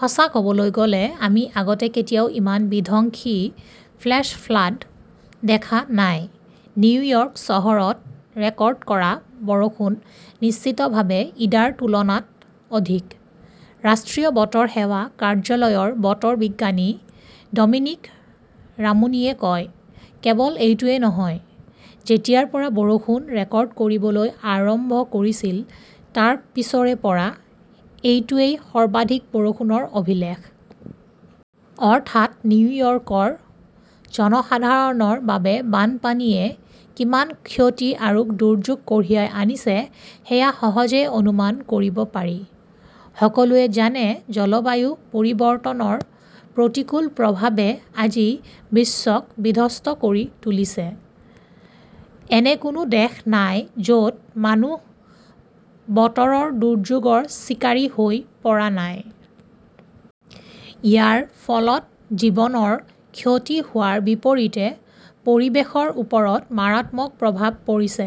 সঁচা ক'বলৈ গ'লে, আমি আগতে কেতিয়াও ইমান বিধ্বংসী ফ্লেশ্ব ফ্লাড' দেখা নাই, নিউয়ৰ্ক চহৰত ৰেকৰ্ড কৰা বৰষুণ নিশ্চিতভাৱে ইডাৰ তুলনাত অধিক, ৰাষ্ট্ৰীয় বতৰ সেৱা কাৰ্যালয়ৰ বতৰ বিজ্ঞানী ডমিনিক ৰামুনীয়ে কয়। কেৱল এইটোৱেই নহয়, যেতিয়াৰ পৰা বৰষুণ ৰেকৰ্ড কৰিবলৈ আৰম্ভ কৰিছিল তাৰ পিছৰে পৰা এইটোৱেই সৰ্বাধিক বৰষুণৰ অভিলেখ। অৰ্থাৎ, নিউয়ৰ্কৰ জনসাধাৰণৰ বাবে বানপানীয়ে কিমান ক্ষতি আৰু দুৰ্যোগ কঢ়িয়াই আনিছে সেয়া সহজেই অনুমান কৰিব পাৰি। সকলোৱে জানে, জলবায়ু পৰিৱৰ্তনৰ প্ৰতিকূল প্ৰভাৱে আজি বিশ্বক বিধ্বস্ত কৰি তুলিছে। এনে কোনো দেশ নাই য'ত মানুহ বতৰৰ দুৰ্যোগৰ চিকাৰী হৈ পৰা নাই। ইয়াৰ ফলত জীৱনৰ ক্ষতি হোৱাৰ বিপৰীতে পৰিৱেশৰ ওপৰত মাৰাত্মক প্ৰভাৱ পৰিছে।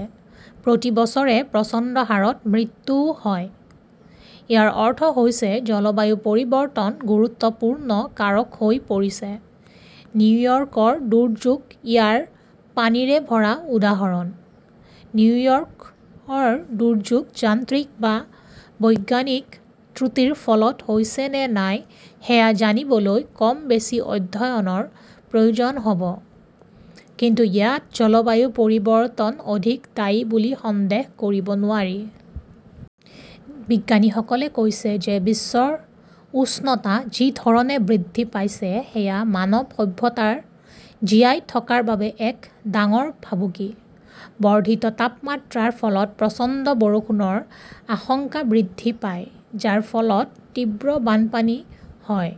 প্ৰতি বছৰে প্ৰচণ্ড হাৰত মৃত্যুও হয়। ইয়াৰ অৰ্থ হৈছে জলবায়ু পৰিৱৰ্তন গুৰুত্বপূৰ্ণ কাৰক হৈ পৰিছে। নিউয়ৰ্কৰ দুৰ্যোগ ইয়াৰ পানীৰে ভৰা উদাহৰণ। নিউয়ৰ্কৰ দুৰ্যোগ যান্ত্ৰিক বা বৈজ্ঞানিক ত্ৰুটিৰ ফলত হৈছে নে নাই সেয়া জানিবলৈ কম বেছি অধ্যয়নৰ প্ৰয়োজন হ'ব, কিন্তু ইয়াত জলবায়ু পৰিৱৰ্তন অধিক দায়ী বুলি সন্দেহ কৰিব নোৱাৰি। বিজ্ঞানীসকলে কৈছে যে বিশ্বৰ উষ্ণতা যি ধৰণে বৃদ্ধি পাইছে সেয়া মানৱ সভ্যতাৰ জীয়াই থকাৰ বাবে এক ডাঙৰ ভাবুকি। বৰ্ধিত তাপমাত্ৰাৰ ফলত প্ৰচণ্ড বৰষুণৰ আশংকা বৃদ্ধি পায়, যাৰ ফলত তীব্ৰ বানপানী হয়।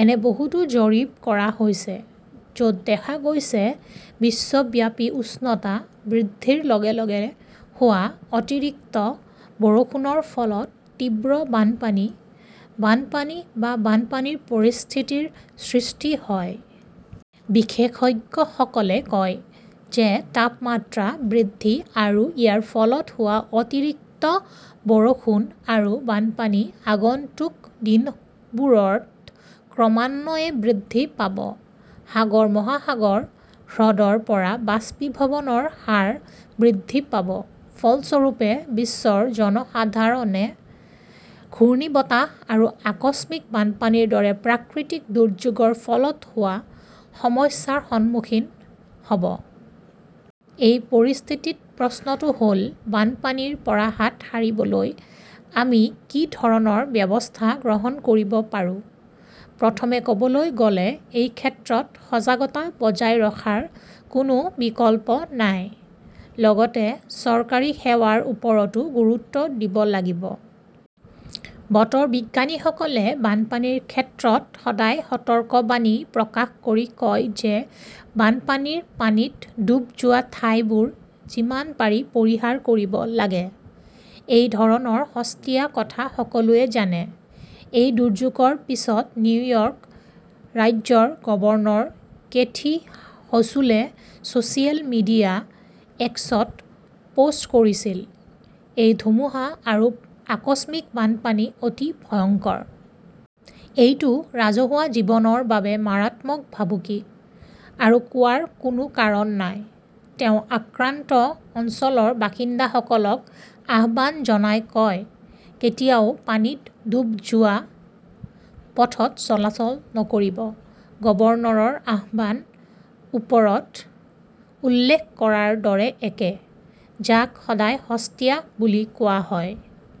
এনে বহুতো জৰীপ কৰা হৈছে, য'ত দেখা গৈছে বিশ্বব্যাপী উষ্ণতা বৃদ্ধিৰ লগে লগে হোৱা অতিৰিক্ত বৰষুণৰ ফলত তীব্ৰ বানপানী, বানপানী বা বানপানীৰ পৰিস্থিতিৰ সৃষ্টি হয়। বিশেষজ্ঞসকলে কয় যে তাপমাত্ৰা বৃদ্ধি আৰু ইয়াৰ ফলত হোৱা অতিৰিক্ত বৰষুণ আৰু বানপানী আগন্তুক দিনবোৰত ক্ৰমান্বয়ে বৃদ্ধি পাব। সাগৰ-মহাসাগৰ, হ্ৰদৰ পৰা বাষ্পীভৱনৰ হাৰ বৃদ্ধি পাব। ফলস্বৰূপে, বিশ্বৰ জনসাধাৰণে ঘূৰ্ণীবতাহ আৰু আকস্মিক বানপানীৰ দৰে প্ৰাকৃতিক দুৰ্যোগৰ ফলত হোৱা সমস্যাৰ সন্মুখীন হ'ব। এই পৰিস্থিতিত প্ৰশ্নটো হ'ল, বানপানীৰ পৰা হাত সাৰিবলৈ আমি কি ধৰণৰ ব্যৱস্থা গ্ৰহণ কৰিব পাৰোঁ? প্ৰথমে ক'বলৈ গ'লে, এই ক্ষেত্ৰত সজাগতা বজাই ৰখাৰ কোনো বিকল্প নাই। লগতে চৰকাৰী সেৱাৰ ওপৰতো গুৰুত্ব দিব লাগিব। বতৰ বিজ্ঞানীসকলে বানপানীৰ ক্ষেত্ৰত সদায় সতৰ্কবাণী প্ৰকাশ কৰি কয় যে বানপানীৰ পানীত ডুব যোৱা ঠাইবোৰ যিমান পাৰি পৰিহাৰ কৰিব লাগে। এই ধৰণৰ সস্তীয়া কথা সকলোৱে জানে। এই দুৰ্যোগৰ পিছত, নিউয়ৰ্ক ৰাজ্যৰ গৱৰ্ণৰ কেথি হচুলে ছ'চিয়েল মিডিয়া এক্সত পোষ্ট কৰিছিল, এই ধুমুহা আৰু আকস্মিক বানপানী অতি ভয়ংকৰ। এইটো ৰাজহুৱা জীৱনৰ বাবে মাৰাত্মক ভাবুকি, আৰু কোৱাৰ কোনো কাৰণ নাই। তেওঁ আক্ৰান্ত অঞ্চলৰ বাসিন্দাসকলক আহ্বান জনাই কয়, কেতিয়াও পানীত ডুব যোৱা পথত চলাচল নকৰিব। গৱৰ্ণৰৰ আহ্বান ওপৰত উল্লেখ কৰাৰ দৰে একে, যাক সদায় সস্তীয়া বুলি কোৱা হয়।